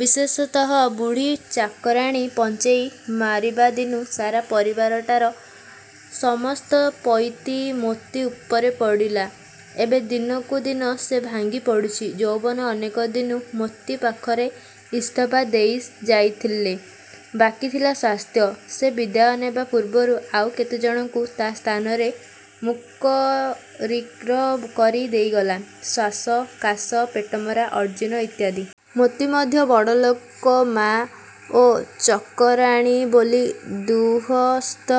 ବିଶେଷତଃ ବୁଢ଼ୀ ଚାକରାଣୀ ପଞ୍ଚେଇ ମାରିବାଦିନୁ ସାରା ପରିବାରଟାର ସମସ୍ତ ପଇତି ମୋତି ଉପରେ ପଡ଼ିଲା। ଏବେ ଦିନକୁଦିନ ସେ ଭାଙ୍ଗିପଡ଼ୁଛି। ଯୌବନ ଅନେକ ଦିନୁ ମୋତି ପାଖରେ ଇସ୍ତଫା ଦେଇ ଯାଇଥିଲେ, ବାକୀ ଥିଲା ସ୍ଵାସ୍ଥ୍ୟ, ସେ ବିଦାୟ ନେବା ପୂର୍ବରୁ ଆଉ କେତେଜଣଙ୍କୁ ତା ସ୍ଥାନରେ ମୁକରିର କରି ଦେଇଗଲା–ଶ୍ଵାସ କାଶ, ପେଟମରା, ଅଜୀର୍ଣ୍ଣ ଇତ୍ୟାଦି-। ମୋତି ମଧ୍ୟ ବଡ଼ଲୋକ ମା ଓ ଚକରାଣୀ ବୋଲି ଦୁଃସ୍ଥ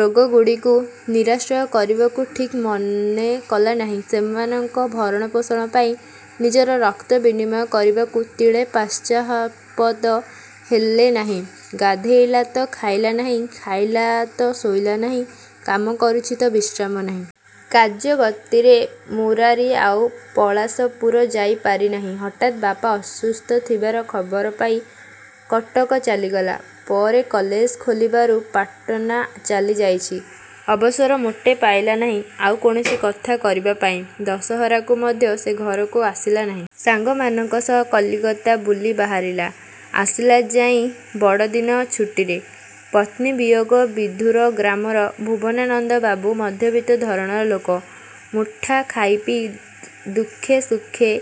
ରୋଗଗୁଡ଼ିକୁ ନିରାଶ୍ରୟ କରିବାକୁ ଠିକ୍ ମନେ କଲା ନାହିଁ। ସେମାନଙ୍କ ଭରଣ ପୋଷଣ ପାଇଁ ନିଜର ରକ୍ତ ବିନିମୟ କରିବାକୁ ତିଳେ ପାଶ୍ଚାତ୍ପଦ ହେଲେ ନାହିଁ। ଗାଧୋଇଲା ତ ଖାଇଲା ନାହିଁ, ଖାଇଲା ତ ଶୋଇଲା ନାହିଁ–କାମ କରୁଛି ତ ବିଶ୍ରାମ ନାହିଁ। କାର୍ଯ୍ୟଗତିରେ ମୁରାରି ଆଉ ପଳାଶପୁର ଯାଇ ପାରିନାହିଁ। ହଠାତ୍ ବାପା ଅସୁସ୍ଥ ଥିବାର ଖବର ପାଇ କଟକ ଚାଲିଗଲା। ପରେ କଲେଜ ଖୋଲିବାରୁ ପାଟନା ଚାଲିଯାଇଛି। ଅବସର ମୋଟେ ପାଇଲା ନାହିଁ, ଆଉ କୌଣସି କଥା କରିବା ପାଇଁ। ଦଶହରାକୁ ମଧ୍ୟ ସେ ଘରକୁ ଆସିଲା ନାହିଁ। ସାଙ୍ଗମାନଙ୍କ ସହ କଲିକତା ବୁଲି ବାହାରିଲା। ଆସିଲା ଯାଇଁ ବଡ଼ଦିନ ଛୁଟିରେ। ପତ୍ନୀ ବିୟୋଗ ବିଧୂର ଗ୍ରାମର ଭୂବନାନନ୍ଦ ବାବୁ ମଧ୍ୟବିତ ଧରଣର ଲୋକ। ମୁଠା ଖାଇପିଇ ଦୁଖେ ସୁଖେ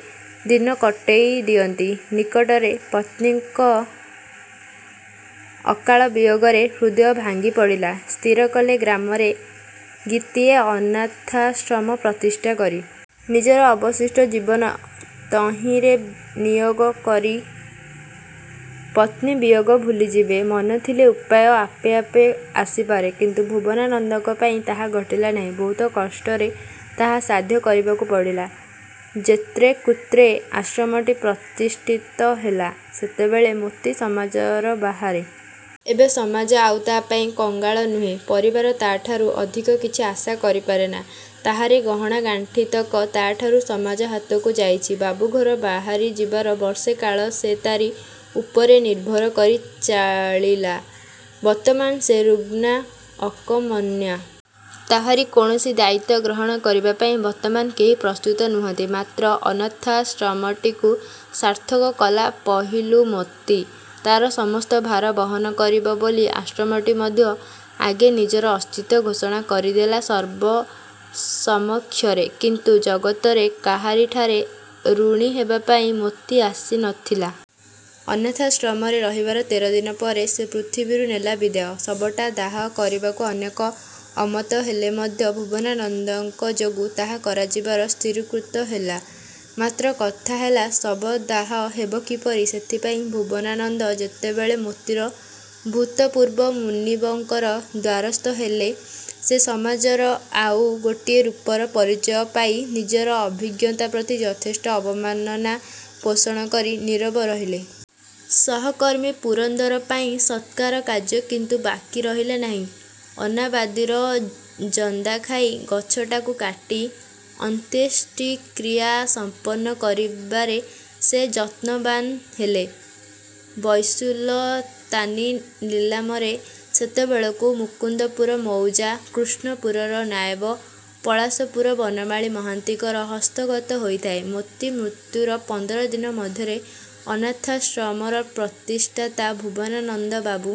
ଦିନ କଟେଇ ଦିଅନ୍ତି। ନିକଟରେ ପତ୍ନୀଙ୍କ ଅକାଳ ବିୟୋଗରେ ହୃଦୟ ଭାଙ୍ଗିପଡ଼ିଲା। ସ୍ଥିର କଲେ ଗ୍ରାମରେ ଗୀତିଏ ଅନାଥାଶ୍ରମ ପ୍ରତିଷ୍ଠା କରି,। ନିଜର ଅବଶିଷ୍ଟ ଜୀବନ ତହିଁରେ ନିୟୋଗ କରି ପତ୍ନୀବିୟୋଗ ଭୁଲିଯିବେ। ମନ ଥିଲେ ଉପାୟ ଆପେ ଆପେ ଆସିପାରେ, କିନ୍ତୁ ଭୁବନାନନ୍ଦଙ୍କ ପାଇଁ ତାହା ଘଟିଲା ନାହିଁ। ବହୁତ କଷ୍ଟରେ ତାହା ସାଧ୍ୟ କରିବାକୁ ପଡ଼ିଲା। ଯତ୍ରେକୁତ୍ରେ ଆଶ୍ରମଟି ପ୍ରତିଷ୍ଠିତ ହେଲା। ସେତେବେଳେ ମୋତି ସମାଜର ବାହାରେ। ଏବେ ସମାଜ ଆଉ ତା ପାଇଁ କଙ୍ଗାଳ ନୁହେଁ। ପରିବାର ତାଠାରୁ ଅଧିକ କିଛି ଆଶା କରିପାରେନା। ତାହାରି ଗହଣାଗାଣ୍ଠିତକ ତା'ଠାରୁ ସମାଜ ହାତକୁ ଯାଇଛି। ବାବୁଘରୁ ବାହାରି ଯିବାର ବର୍ଷେ କାଳ ସେ ତାରି ଉପରେ ନିର୍ଭର କରି ଚାଳିଲା। ବର୍ତ୍ତମାନ ସେ ରୁଗ୍ଣା–ଅକର୍ମଣ୍ୟା। ତାହାରି କୌଣସି ଦାୟିତ୍ଵ ଗ୍ରହଣ କରିବା ପାଇଁ ବର୍ତ୍ତମାନ କେହି ପ୍ରସ୍ତୁତ ନୁହନ୍ତି। ମାତ୍ର ଅନାଥାଶ୍ରମଟିକୁ ସାର୍ଥକ କଲା ପହିଲୁ ମୋତି। ତା'ର ସମସ୍ତ ଭାର ବହନ କରିବ ବୋଲି ଆଶ୍ରମଟି ମଧ୍ୟ ଆଗେ ନିଜର ଅସ୍ତିତ୍ଵ ଘୋଷଣା କରିଦେଲା ସର୍ବ ସମକ୍ଷରେ। କିନ୍ତୁ ଜଗତରେ କାହାରିଠାରେ ଋଣୀ ହେବାପାଇଁ ମୋତି ଆସି ନଥିଲା। ଅନାଥାଶ୍ରମରେ ରହିବାର ତେର ଦିନ ପରେ ସେ ପୃଥିବୀରୁ ନେଲା ବିଦାୟ। ଶବଟା ଦାହ କରିବାକୁ ଅନେକ ଅମତ ହେଲେ ମଧ୍ୟ ଭୂବନାନନ୍ଦଙ୍କ ଯୋଗୁ ତାହା କରାଯିବାର ସ୍ଥିରୀକୃତ ହେଲା। ମାତ୍ର କଥା ହେଲା ଶବଦାହ ହେବ କିପରି। ସେଥିପାଇଁ ଭୂବନାନନ୍ଦ ଯେତେବେଳେ ମୋତିର ଭୂତପୂର୍ବ ମୁନିବଙ୍କର ଦ୍ଵାରସ୍ଥ ହେଲେ, ସେ ସମାଜର ଆଉ ଗୋଟିଏ ରୂପର ପରିଚୟ ପାଇ, ନିଜର ଅଭିଜ୍ଞତା ପ୍ରତି ଯଥେଷ୍ଟ ଅବମାନନା ପୋଷଣ କରି ନୀରବ ରହିଲେ। ସହକର୍ମୀ ପୁରନ୍ଦର ପାଇଁ ସତ୍କାର କାର୍ଯ୍ୟ କିନ୍ତୁ ବାକୀ ରହିଲା ନାହିଁ। ଅନାବାଦୀର ଜନ୍ଦାଖାଇ ଗଛଟାକୁ କାଟି ଅନ୍ତ୍ୟେଷ୍ଟିକ୍ରିୟା ସଂପନ୍ନ କରିବାରେ ସେ ଯତ୍ନବାନ୍ ହେଲେ। ବୈସୁଲତାନି ନିଲାମରେ ସେତେବେଳକୁ ମୁକୁନ୍ଦପୁର ମୌଜା–କୃଷ୍ଣପୁରର ନାଏବ, ପଳାଶପୁର ବନମାଳି ମହାନ୍ତିଙ୍କର ହସ୍ତଗତ ହୋଇଥାଏ। ମୋତି ମୃତ୍ୟୁର ପନ୍ଦର ଦିନ ମଧ୍ୟରେ ଅନାଥାଶ୍ରମର ପ୍ରତିଷ୍ଠାତା ଭୁବନାନନ୍ଦ ବାବୁ